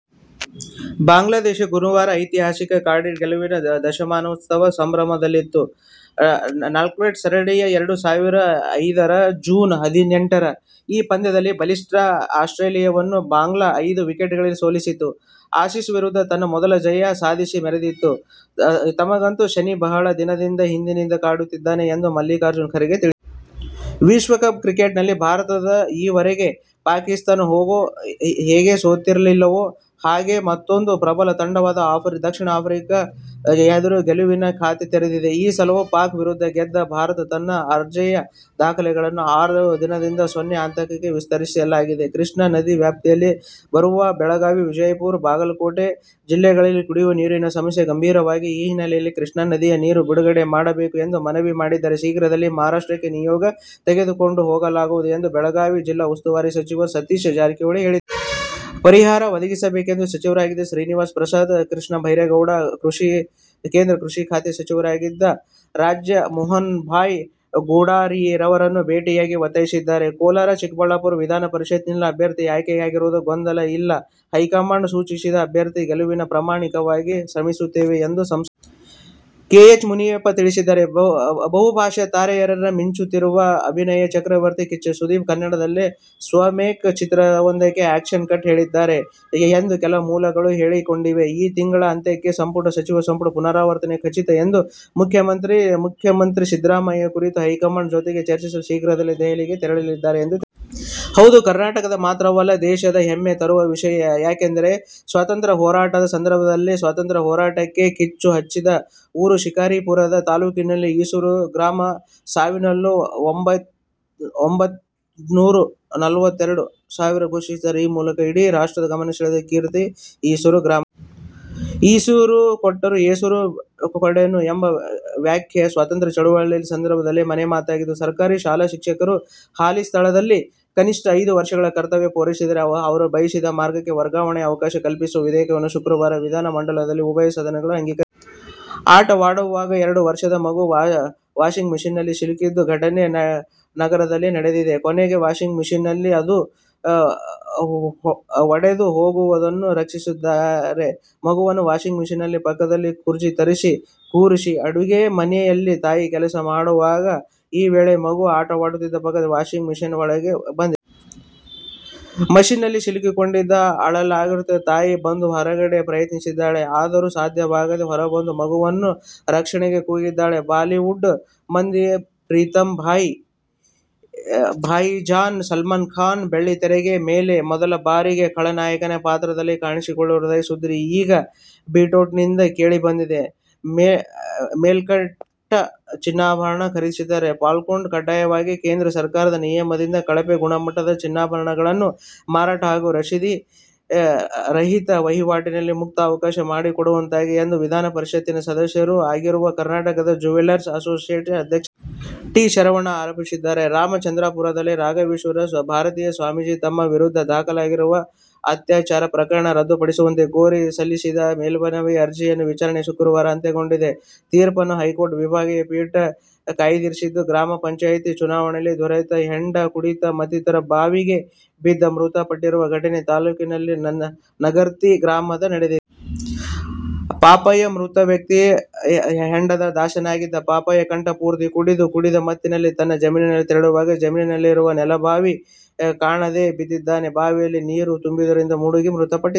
ಬಾಂಗ್ಲಾದೇಶ ಗುರುವಾರ ಐತಿಹಾಸಿಕ ಕಾರ್ಡಿಫ್ ಗೆಲುವಿನ ದಶಮಾನೋತ್ಸವ ಸಂಭ್ರಮದಲ್ಲಿತ್ತು. ನಾಟ್ವೆಸ್ಟ್ ಸರಣಿಯ ಎರಡು ಸಾವಿರ ಐದರ ಜೂನ್ ಹದಿನೆಂಟರ ಈ ಪಂದ್ಯದಲ್ಲಿ ಬಲಿಷ್ಠ ಆಸ್ಟ್ರೇಲಿಯವನ್ನು ಬಾಂಗ್ಲಾ ಐದು ವಿಕೆಟ್ಗಳಿಂದ ಸೋಲಿಸಿತ್ತು. ಆಸೀಸ್ ವಿರುದ್ಧ ತನ್ನ ಮೊದಲ ಜಯ ಸಾಧಿಸಿ ಮೆರೆದಿತ್ತು. ನಮಗಂತೂ ಶನಿ ಬಹಳ ದಿನಗಳ ಹಿಂದಿನಿಂದ ಕಾಡುತ್ತಿದ್ದಾನೆ ಎಂದು ಮಲ್ಲಿಕಾರ್ಜುನ್ ಖರ್ಗೆ ಹೇಳಿದರು. ವಿಶ್ವಕಪ್ ಕ್ರಿಕೆಟ್ನಲ್ಲಿ ಭಾರತ ಈವರೆಗೆ ಪಾಕಿಸ್ಥಾನಕ್ಕೆ ಹೇಗೆ ಸೋತಿಲ್ಲವೋ, ಹಾಗೆಯೇ ಮತ್ತೂಂದು ಪ್ರಬಲ ತಂಡವಾದ ದಕ್ಷಿಣ ಆಫ್ರಿಕಾ ಎದುರು ಗೆಲುವಿನ ಖಾತೆ ತೆರೆದಿಲ್ಲ. ಈ ಸಲವೂ ಪಾಕ್ ವಿರುದ್ಧ ಗೆದ್ದ ಭಾರತ ತನ್ನ ಅಜೇಯ ದಾಖಲೆಯನ್ನು ಆರ ರಿಂದ ಸೊನ್ನೆ ಅಂತರಕ್ಕೆ ವಿಸ್ತರಿಸಿದೆ. ಕೃಷ್ಣಾ ನದಿ ವ್ಯಾಪ್ತಿಯಲ್ಲಿ ಬರುವ ಬೆಳಗಾವಿ, ವಿಜಯಪುರ ಹಾಗೂ ಬಾಗಲಕೋಟೆ ಜಿಲ್ಲೆಗಳಲ್ಲಿ ಕುಡಿಯುವ ನೀರಿನ ಸಮಸ್ಯೆ ಗಂಭೀರವಾಗಿದ್ದು, ಈ ಹಿನ್ನೆಲೆಯಲ್ಲಿ ಕೃಷ್ಣಾ ನದಿಗೆ ನೀರು ಬಿಡುಗಡೆ ಮಾಡಬೇಕು ಎಂದು ಮನವಿ ಮಾಡಲು ಶೀಘ್ರದಲ್ಲೇ ಮಹಾರಾಷ್ಟ್ರಕ್ಕೆ ನಿಯೋಗ ತೆಗೆದುಕೊಂಡು ಹೋಗಲಾಗುವುದು ಎಂದು ಬೆಳಗಾವಿ ಜಿಲ್ಲಾ ಉಸ್ತುವಾರಿ ಸಚಿವ ಸತೀಶ ಜಾರಕಿಹೊಳಿ ಹೇಳಿದರು. ಪರಿಹಾರ ಒದಗಿಸಬೇಕೆಂದು ಸಚಿವರಾದ ಶ್ರೀನಿವಾಸ್ ಪ್ರಸಾದ್, ಕೃಷ್ಣ ಬೈರೇ ಗೌಡ, ಕೇಂದ್ರ ಕೃಷಿ ಖಾತೆಯ ರಾಜ್ಯ ಸಚಿವ ಮೋಹನ್ ಬಾಯ್ ಕುಂಡಾರಿಯಾರನ್ನು ಭೇಟಿಯಾಗಿ ಒತ್ತಾಯಿಸಿದ್ದಾರೆ. ಕೋಲಾರ-ಚಿಕ್ಕಬಳ್ಳಾಪುರ ವಿಧಾನಪರಿಷತ್ ಅಭ್ಯರ್ಥಿ ಆಯ್ಕೆಯಲ್ಲಿಯಾವುದೇ ಗೊಂದಲ ಇಲ್ಲ. ಹೈಕಮಾಂಡ್ ಸೂಚಿಸಿದ ಅಭ್ಯ ರ್ಥಿ ಗೆಲುವಿಗೆ ಪ್ರಾಮಾಣಿ ಕವಾಗಿ ಶ್ರಮಿಸುತ್ತೇನೆ ಎಂದು ಸಂಸದ ಕೆ. ಎಚ್. ಮುನಿಯಪ್ಪ ತಿಳಿಸಿದ್ದಾರೆ. ಬಹುಭಾಷಾ ತಾರೆಯಾಗಿ ಮಿಂಚುತ್ತಿರುವ ಅಭಿನಯ ಚಕ್ರವರ್ತಿ ಕಿಚ್ಚ ಸುದೀಪ್ ಕನ್ನಡದಲ್ಲಿ ಸ್ವಮೇಕ್ ಚಿತ್ರವೊಂದಕ್ಕೆ ಆ್ಯಕ್ಷನ್ ಕಟ್ ಹೇಳಲಿದ್ದಾರೆ ಎಂದು ಕೆಲ ಮೂಲಗಳು ಹೇಳಿಕೊಂಡಿದೆ. ಈ ತಿಂಗಳ ಅಂತ್ಯಕ್ಕೆ ಸಚಿವ ಸಂಪುಟ ಪುನಾರಚನೆ ಖಚಿತ ಎಂದು ಹೇಳಿರುವ ಮುಖ್ಯಮಂತ್ರಿ ಸಿದ್ದರಾಮಯ್ಯ, ಈ ಕುರಿತು ಹೈಕಮಾಂಡ್ ಜೊತೆಗೆ ಚರ್ಚಿಸಲು ಶೀಘ್ರದಲ್ಲೇ ದೆಹಲಿಗೆ ತೆರಳುವುದಾಗಿ ತಿಳಿಸಿದ್ದಾರೆ. ಹೌದು ಕರ್ನಾಟಕ ಮಾತ್ರವಲ್ಲ, ದೇಶಕ್ಕೆ ಹೆಮ್ಮೆ ತರುವ ವಿಷಯ. ಯಾಕೆಂದರೆ ಸ್ವಾತಂತ್ರ್ಯ ಹೋರಾಟದ ಸಂದರ್ಭದಲ್ಲಿ ಸ್ವಾತಂತ್ರ್ಯ ಸಂಗ್ರಾಮಕ್ಕೆ ಕಿಚ್ಚು ಹಚ್ಚಿದ ಊರು ಶಿಕಾರಿಪುರ ತಾಲೂಕಿನ ಈಸೂರು ಎಂಬ ಪುಟ್ಟ ಗ್ರಾಮ. ಸಾವಿರದ ಒಂಬೈನೂರ ನಲವತ್ತೆರಡರಲ್ಲೇ ಸ್ವಾತಂತ್ರ್ಯ ಘೋಷಿಸಿಕೊಳ್ಳುವ ಮೂಲಕ ಇಡೀ ರಾಷ್ಟ್ರದ ಗಮನಸೆಳೆದ ಕೀರ್ತಿ ಈಸೂರು ಗ್ರಾಮದ್ದು. ಏಸೂರು ಕೊಟ್ಟರೂ ಈಸೂರು ಕೊಡೆವು ಎಂಬ ವ್ಯಾಖ್ಯೆ ಸ್ವಾತಂತ್ರ್ಯ ಚಳವಳಿ ಸಂದರ್ಭ ಮನೆಮಾತಾಗಿತ್ತು. ಸರ್ಕಾರಿ ಶಾಲಾ ಶಿಕ್ಷಕರು ಹಾಲಿ ಸ್ಥಳದಲ್ಲಿ ಕನಿಷ್ಠ ಐದು ವರ್ಷ ಕರ್ತವ್ಯ ಪೂರೈಸಿದ್ದರೆ, ಅವರು ಬಯಸಿದ ಸ್ಥಳಕ್ಕೆ ವರ್ಗಾವಣೆಗೆ ಅವಕಾಶ ಕಲ್ಪಿಸುವ ವಿಧೇಯಕ ಶುಕ್ರವಾರ ವಿಧಾನ ಮಂಡಲದ ಉಭಯ ಸದನಗಳಲ್ಲಿ ಅಂಗೀಕಾರಗೊಂಡಿತು. ಆಟವಾಡುತ್ತಿದ್ದ ಎರಡು ವರ್ಷದ ಮಗು ವಾಷಿಂಗ್ ಮಷಿನ್ನಲ್ಲಿ ಸಿಲುಕಿದ ಘಟನೆ ನಗರದಲ್ಲಿನಡೆದಿದೆ. ಕೊನೆಗೆ ವಾಷಿಂಗ್ ಮಷಿನ್ ಅನ್ನು ಒಡೆದು ಮಗುವನ್ನು ರಕ್ಷಿಸಲಾಗಿದೆ. ಮಗುವನ್ನು ವಾಷಿಂಗ್ ಮಷಿನ್ ಪಕ್ಕದಲ್ಲಿ ಕುರ್ಚಿ ಮೇಲೆ ಕೂರಿಸಿ ಅಡುಗೆ ಮನೆಯಲ್ಲಿ ತಾಯಿ ಕೆಲಸ ಮಾಡುತ್ತಿದ್ದರು. ಈ ವೇಳೆ ಮಗು ಆಟವಾಡುತ್ತಾ ಪಕ್ಕದ ವಾಷಿಂಗ್ ಮಷಿನ್ ನೊಳಗೆ ಬಿದ್ದಿದೆ. ಮಷಿನ್ನಲ್ಲಿ ಸಿಲುಕಿಕೊಂಡಿದ್ದರಿಂದ ಅಳಲಾರಂಭಿಸಿದೆ. ತಾಯಿ ಬಂದು ಹೊರತೆಗೆಯಲು ಪ್ರಯತ್ನಿಸಿದ್ದಾಳೆ. ಆದರೆ ಸಾಧ್ಯವಾಗದಿದ್ದಾಗ ಹೊರಬಂದು ಮಗುವಿನ ರಕ್ಷಣೆಗೆ ಕೂಗಿಕೊಂಡಿದ್ದಾರೆ. ಬಾಲಿವುಡ್ ಮಂದಿ ಪ್ರೀತಿಯ ಭಾಯಿಜಾನ್ ಸಲ್ಮಾನ್ ಖಾನ್ ಬೆಳ್ಳಿ ಪರದೆಯ ಮೇಲೆ ಮೊದಲ ಬಾರಿಗೆ ಖಳನಾಯಕನ ಪಾತ್ರದಲ್ಲಿ ಕಾಣಿಸಿಕೊಳ್ಳಲಿದ್ದಾರೆಂಬ ಸುದ್ದಿಯು ಈಗ ಬಿಟೌನಿಂದ ಕೇಳಿ ಬಂದಿದೆ. ಮೇಲ್ಪಟ್ಟ ಚಿನ್ನಾಭರಣಗಳ ಖರೀದಿಗೆ ಪಾನ್ಕಾರ್ಡ್ ಕಡ್ಡಾಯಗೊಳಿಸಿರುವ ಕೇಂದ್ರ ಸರಕಾರದ ನಿಯಮದಿಂದ ಕಳಪೆ ಗುಣಮಟ್ಟದ ಚಿನ್ನಾಭರಣಗಳ ಮಾರಾಟ ಹಾಗೂ ರಶೀದಿ ರಹಿತ ವಹಿವಾಟಿಗೆ ಮುಕ್ತ ಅವಕಾಶ ಮಾಡಿಕೊಟ್ಟಂತಾಗುತ್ತದೆ ಎಂದು ವಿಧಾನಪರಿಷತ್ ಸದಸ್ಯರೂ ಆಗಿರುವ ಕರ್ನಾಟಕ ಜ್ಯುವೆಲ್ಲರ್ಸ್ ಅಸೋಸಿಯೇಷನ್ ಅಧ್ಯಕ್ಷ ಟಿ. ಎ. ಶರವಣ ಆರೋಪಿಸಿದ್ದಾರೆ. ರಾಮಚಂದ್ರಾಪುರದ ರಾಘವೇಶ್ವರ ಭಾರತೀ ಸ್ವಾಮೀಜಿ ತಮ್ಮ ವಿರುದ್ಧ ದಾಖಲಾಗಿರುವ ಅತ್ಯಾಚಾರ ಪ್ರಕರಣವನ್ನು ರದ್ದುಪಡಿಸುವಂತೆ ಕೋರಿ ಸಲ್ಲಿಸಿದ್ದ ಮೇಲ್ಮನವಿಯ ವಿಚಾರಣೆ ಶುಕ್ರವಾರ ಅಂತ್ಯಗೊಂಡಿದ್ದು, ತೀರ್ಪನ್ನು ಹೈಕೋರ್ಟ್ ವಿಭಾಗೀಯ ಪೀಠ ಕಾಯ್ದಿರಿಸಿದೆ. ಗ್ರಾಮ ಪಂಚಾಯಿತಿ ಚುನಾವಣೆಯಲ್ಲಿ ದೊರೆತ ಹೆಂಡ ಕುಡಿದು ಮತ್ತಿನಲ್ಲಿ ಬಾವಿಗೆ ಬಿದ್ದು ಮೃತಪಟ್ಟಿರುವ ಘಟನೆ ತಾಲೂಕಿನ ನಗರ್ತಿ ಗ್ರಾಮದಲ್ಲಿ ನಡೆದಿದೆ. ಪಾಪಯ್ಯ ಮೃತವ್ಯಕ್ತಿ. ಹೆಂಡದ ದಾಸನಾಗಿದ್ದ ಪಾಪಯ್ಯ ಕಂಠ ಪೂರ್ತಿ ಕುಡಿದಿದ್ದಾನೆ. ಕುಡಿದ ಮತ್ತಿನಲ್ಲಿ ತನ್ನ ಜಮೀನಿಗೆ ತೆರಳಿದ್ದಾನೆ. ಜಮೀನಿನಲ್ಲಿರುವ ನೆಲಬಾವಿ ಕಾಣದೆ ಬಿದ್ದಿದ್ದಾನೆ. ಬಾವಿಯಲ್ಲಿ ನೀರು ತುಂಬಿದ್ದರಿಂದ ಮುಳುಗಿ ಮೃತಪಟ್ಟಿದ್ದಾನೆ.